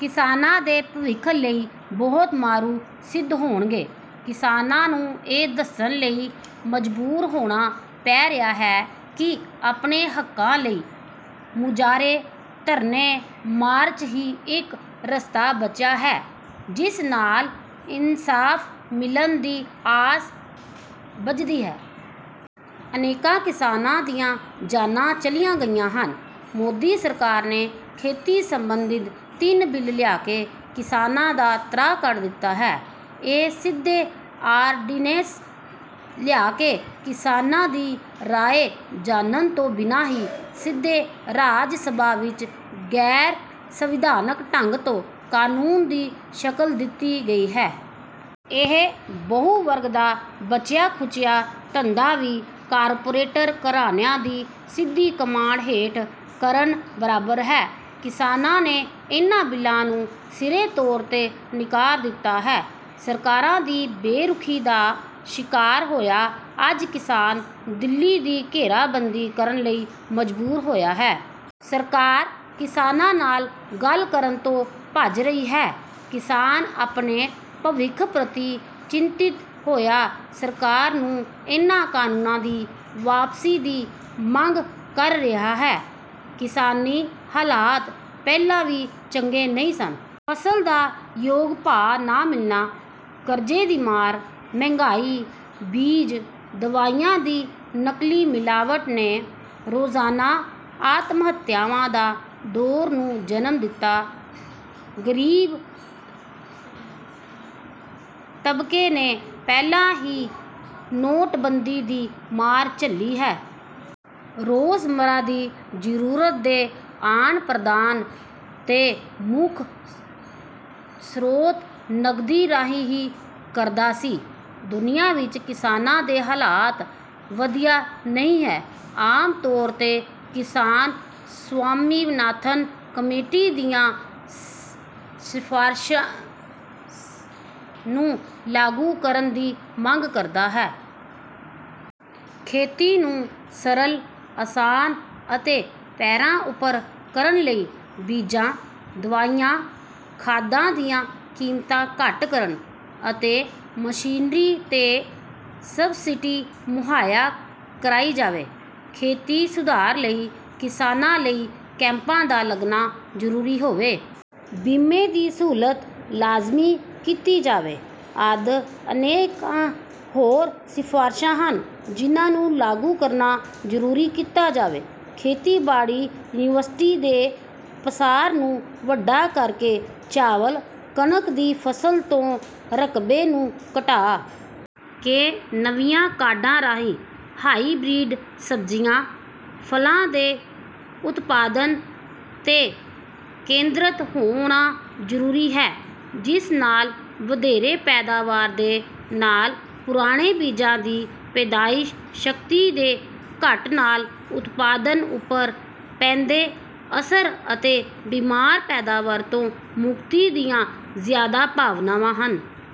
ਕਿਸਾਨਾਂ ਦੇ ਭਵਿੱਖ ਲਈ ਬਹੁਤ ਮਾਰੂ ਸਿੱਧ ਹੋਣਗੇ। ਕਿਸਾਨਾਂ ਨੂੰ ਇਹ ਦੱਸਣ ਲਈ ਮਜਬੂਰ ਹੋਣਾ ਪੈ ਰਿਹਾ ਹੈ ਕਿ ਆਪਣੇ ਹੱਕਾਂ ਲਈ ਮੁਜ਼ਾਹਰੇ, ਧਰਨੇ, ਮਾਰਚ ਹੀ ਇੱਕ ਰਸਤਾ ਬਚਿਆ ਹੈ ਜਿਸ ਨਾਲ ਇੰਨਸਾਫ ਮਿਲਣ ਦੀ ਆਸ ਬੱਝਦੀ ਹੈ। ਅਨੇਕਾਂ ਕਿਸਾਨਾਂ ਦੀਆਂ ਜਾਨਾਂ ਚਲੀਆਂ ਗਈਆਂ ਹਨ। ਮੋਦੀ ਸਰਕਾਰ ਨੇ ਖੇਤੀ ਸੰਬੰਧੀ ਤਿੰਨ ਬਿੱਲ ਲਿਆ ਕੇ ਕਿਸਾਨਾ ਦਾ ਤ੍ਰਾਹ ਕੱਢ ਦਿੱਤਾ ਹੈ। ਇਹ ਸਿੱਧੇ ਆਰਡੀਨੈਸ ਲਿਆ ਕੇ ਕਿਸਾਨਾਂ ਦੀ ਰਾਏ ਜਾਨਣ ਤੋਂ ਬਿਨਾਂ ਹੀ ਸਿੱਧੇ ਰਾਜ ਸਭਾ ਵਿੱਚ ਗੈਰ-ਸੰਵਿਧਾਨਿਕ ਢੰਗ ਤੋਂ ਕਾਨੂੰਨ ਦੀ ਸ਼ਕਲ ਦਿੱਤੀ ਗੱਦੀ ਹੈ। ਇਹ ਬਹੂ-ਵਰਗ ਦਾ ਬਚਿਆ ਖੁਚਿਆ ਧੰਦਾ ਵੀ ਕਾਰਪੋਰੇਟਰ ਘਰਾਣਿਆਂ ਦੀ ਸਿੱਧੀ ਕਮਾਂਡ ਹੇਠ ਕਰਨ ਬਰਾਬਰ ਹੈ। ਕਿਸਾਨਾਂ ਨੇ ਇਹਨਾ ਬਿੱਲਾਂ ਨੂੰ ਸਿਰੇ ਤੋਂਰ ਤੇ ਨਿਕਾਰ ਦਿੱਤਾ ਹੈ। ਸਰਕਾਰਾਂ ਦੀ ਬੇਰੁਖ਼ੀ ਦਾ ਸ਼ਿਕਾਰ ਹੋਇਆ ਅੱਜ ਕਿਸਾਨ ਦਿੱਲੀ ਦੀ ਘੇਰਾ ਬੰਦੀ ਕਰਨ ਲਈ ਮਜਬੂਰ ਹੋਇਆ ਹੈ। ਸਰਕਾਰ ਕਿਸਾਨਾਂ ਨਾਲ ਗੱਲ ਕਰਨ ਤੋਂ ਭੱਜ ਰਹੀ ਹੈ। ਕਿਸਾਨ ਆਪਣੇ ਭਵਿੱਖ ਪ੍ਰਤੀ ਚਿੰਤਤ ਹੋਇਆ ਸਰਕਾਰ ਨੂੰ ਇਹਨਾਂ ਕਾਨੂੰਨਾਂ ਦੀ ਵਾਪਸੀ ਦੀ ਮੰਗ ਕਰ ਰਿਹਾ ਹੈ, ਕਿਸਾਨੀ ਹਾਲਾਤ ਪਹਿਲਾ ਵੀ ਚੰਗੇ ਨਹੀਂ ਸਨ। ਫਸਲ ਦਾ ਯੋਗ ਭਾਅ ਨਾਂ ਮਿਲਣਾ, ਕਰਜ਼ੇ ਦੀ ਮਾਰ, ਮਹਿਗਾਈ, ਬੀਜ ਦਵਾਈਆਂ ਦੀ ਨਕਲੀ ਮਿਲਾਵਟ ਨੇ ਰੋਜ਼ਾਨਾ ਆਤਮਹੱਤਿਆਵਾਂ ਦਾ ਦੌਰ ਨੂੰ ਜਨਮ ਦਿੱਤਾ। ਗਰੀਬ ਤਬਕੇ ਨੇ ਪਹਿਲਾ ਹੀ ਨੋਟ ਬੰਦੀ ਦੀ ਮਾਰ ਝੱਲੀ ਹੈ। ਰੋਜ਼-ਮਰ੍ਹਾ ਦੀ ਜ਼ਰੂਰਤ ਦੇ ਆਨ ਪ੍ਰਦਾਨ ਦੇ ਮੁੱਖ ਸਰੋਤ ਨਗਦੀ ਰਾਹੀਂ ਹੀ ਕਰਦਾ ਸੀ। ਦੁਨਿਆ ਵਿੱਚ ਕਿਸਾਨਾਂ ਦੇ ਹਾਲਾਤ ਵਧੀਆ ਨਹੀਂ ਹੈ। ਆਮ ਤੌਰ ਤੇ ਕਿਸਾਨ ਸੁਆਮੀਨਾਥਨ ਕਮੇਟੀ ਦੀਆਂ ਸਿਫਾਰਸ਼ਾਂ ਨੂੰ ਲਾਗੂ ਕਰਨ ਦੀ ਮੰਗ ਕਰਦਾ ਹੈ। ਖੇਤੀ ਨੂੰ ਸਰਲ, ਆਸਾਨ ਅਤੇ ਪੈਰਾਂ ਉਪਰ ਕਰਨ ਲਈ ਬੀਜਾਂ, ਦਵਾਈਆਂ, ਖਾਦਾਂ ਦੀਆਂ ਕੀਮਤਾਂ ਘੱਟ ਕਰਨ, ਅਤੇ ਮਸ਼ੀਨਰੀ ਤੇ ਸਬਸਿਡੀ ਮੁਹੱਈਆ ਕਰਾਈ ਜਾਵੇ। ਖੇਤੀ ਸੁਧਾਰ ਲਈ ਕਿਸਾਨਾਂ ਲਈ ਕੈਂਪਾਂ ਦਾ ਲੱਗਣਾ ਜ਼ਰੂਰੀ ਹੋਵੇ। ਬੀਮੇ ਦੀ ਸਹੁੱਲਤ ਲਾਜ਼ਮੀ ਕੀਤੀ ਜਾਵੇ ਆਦਿ ਅਨੇਕਾਂ ਹੋਰ ਸਿਫਾਰਸ਼ਾ ਹਨ ਜਿੰਨਾਂ ਨੂੰ ਲਾਗੂ ਕਰਨਾ ਜ਼ਰੂਰੀ ਕੀਤਾ ਜਾਵੇ। ਖੇਤੀਬਾੜੀ ਯੂਨੀਵਰਸੀਟੀ ਦੇ ਪਸਾਰ ਨੂੰ ਵੱਡਾ ਕਰਕੇ ਚਾਵਲ, ਕਣਕ ਦੀ ਫਸਲ ਤੋ ਰਕਬੇ ਨੂੰ ਘਟਾ ਕੇ ਨਵੀਆਂ ਕਾਢਾਂ ਰਾਹੀਂ ਹਾਈਬਰੀਡ ਸਬਜੀਆਂ, ਫਲਾਂ ਦੇ ਉਤਪਾਦਨ ਤੇ ਕੇਂਦਰਤ ਹੋਣਾ ਜਰੂਰੀ ਹੈ ਜਿਸ ਨਾਲ ਵਧੇਰੇ ਪੈਦਾਵਾਰ ਦੇ ਨਾਲ ਪੁਰਾਣੇ ਬੀਜਾਂ ਦੀ ਪੈਦਾਇਸ ਸ਼ਕਤੀ ਦੇ ਘੱਟ ਨਾਲ ਉਤਪਾਦਨ ਉਪਰ ਪੈਂਦੇ ਅਸਰ ਅਤੇ ਬਿਮਾਰ ਪੈਦਾਵਾਰ ਤੋ ਮੁਕਤੀ ਦੀਆਂ ਜਿਆਦਾ ਸੰਭਾਵਨਾਵਾਂ ਹਨ।